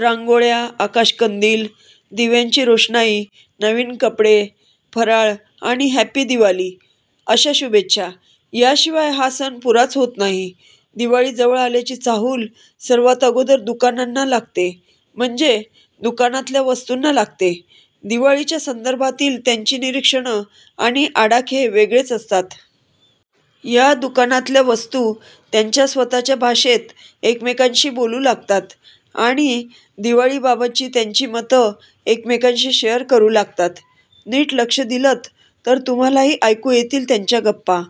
रांगोळ्या, आकाशकंदील, दिव्यांची रोषणाई, नवीन कपडे, फराळ आणि 'हॅपी दिवाली' अशा शुभेच्छा… यांशिवाय हा सण पुराच होत नाही. दिवाळी जवळ आल्याची चाहूल सर्वांत अगोदर दुकानांना लागते, म्हणजे दुकानातल्या वस्तूंना लागते. दिवाळीच्या संदर्भातील त्यांची निरीक्षणं आणि आडाखे वेगळेच असतात. या दुकानातल्या वस्तू त्यांच्या स्वतःच्या भाषेत एकमेकांशी बोलू लागतात... आणि 'दिवाळी'बाबतची त्यांची मतं एकमेकांशी शेअर करू लागतात. नीट लक्ष दिलंत तर तुम्हांलाही ऐकू येतील त्यांच्या गप्पा...!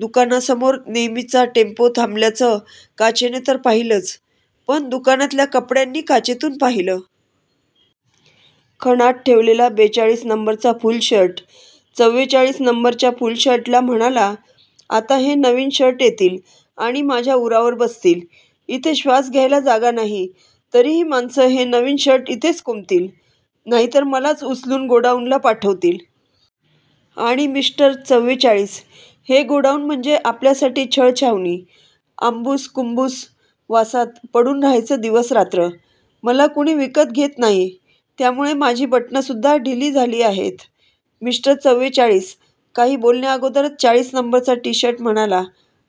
दुकानासमोर नेहमीचा टेम्पो थांबल्याचं काचेनं तर पाहिलंच, पण दुकानातल्या कपड्यांनी काचेतून पाहिलं. खणात ठेवलेला बेचाळीस नंबरचा फुलशर्ट, चव्वेचाळीस नंबरच्या फुलशर्टला म्हणाला, "आता हे नवीन शर्ट येतील आणि माझ्या उरावर बसतील. इथे श्वास घ्यायला जागा नाही, तरी ही माणसं हे नवीन शर्ट इथेच कोंबतील, नाहीतर मलाच उचलून गोडाऊनला पाठवतील. आणि मिस्टर चव्वेचाळीस, हे गोडाऊन म्हणजे आपल्यासाठी छळछावणी. आंबुस-कुंबूस वासात पडून राहायचं दिवस-रात्र! मला कुणी विकत घेत नाही, त्यामुळे माझी बटणंसुद्धा ढिली झाली आहेत." मिस्टर चव्वेचाळीस काही बोलण्याअगोदरच चाळीस नंबरचा टीशर्ट म्हणाला,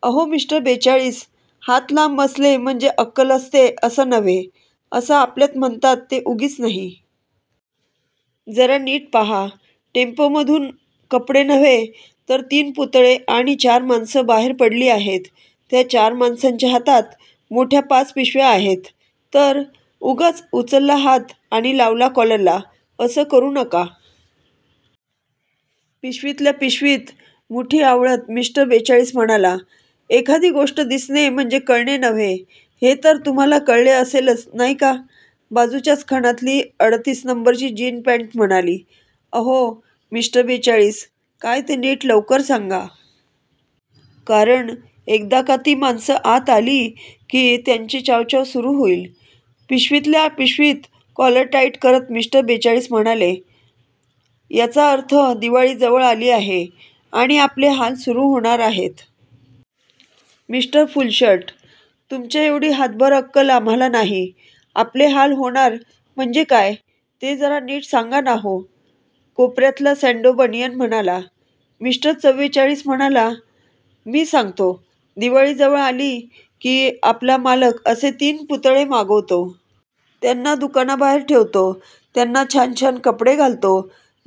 "अहो मिस्टर बेचाळीस, 'हात लांब असले म्हणजे अक्कल असते असं नव्हे' असं आपल्यात म्हणतात ते उगीच नाही. जरा नीट पाहा. टेम्पोमधून कपडे नव्हे, तर तीन पुतळे आणि चार माणसं बाहेर पडली आहेत. त्या चार माणसांच्या हातात मोठ्या पाच पिशव्या आहेत. तर.. 'उगाच उचलला हात आणि लावला कॉलरला' असं करू नका." पिशवीतल्या पिशवीत मुठी आवळत मिस्टर बेचाळीस म्हणाला, "'एखादी गोष्ट दिसणे म्हणजे कळणे नव्हे' हे तर तुम्हांला कळले असेलच नाही का?" बाजूच्याच खणातली अडतीस नंबरची जीन पॅण्ट म्हणाली, "अहो मिस्टर बेचाळीस, काय ते नीट लवकर सांगा. कारण एकदा का ती माणसं आत आली की, त्यांची च्याँव च्याँव सुरू होईल." पिशवीतल्या पिशवीत कॉलर टाइट करत मिस्टर बेचाळीस म्हणाले, "याचा अर्थ दिवाळी जवळ आली आहे आणि आपले हाल सुरू होणार आहेत.." "मिस्टर फुलशर्ट, तुमच्याएवढी हातभर अक्कल आम्हांला नाही. 'आपले हाल होणार म्हणजे काय?' ते जरा नीट सांगा ना हो.." कोपर्यातला सॅण्डो बनियन म्हणाला. मिस्टर चव्वेचाळीस म्हणाला, "मी सांगतो. दिवाळी जवळ आली की, आपला मालक असे तीन पुतळे मागवतो. त्यांना दुकानाबाहेर ठेवतो. त्यांना छान छान कपडे घालतो.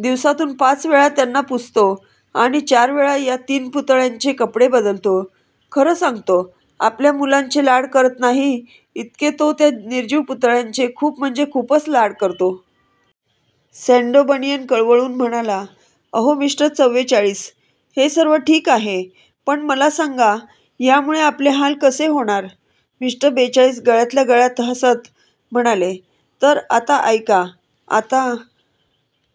दिवसातून पाच वेळा त्यांना पुसतो आणि चार वेळा या तीन पुतळ्यांचे कपडे बदलतो. खरं सांगतो, आपल्या मुलांचे लाड करत नाही इतके तो त्या निर्जीव पुतळ्यांचे खूप म्हणजे खूपच लाड करतो." सॅण्डो बनियन कळवळून म्हणाला, "अहो मिस्टर चव्वेचाळीस, हे सर्व ठीक आहे. पण मला सांगा, यामुळे आपले हाल कसे होणार?" मिस्टर बेचाळीस गळ्यातल्या गळ्यात हसत म्हणाले, "तर आता ऐका. आता...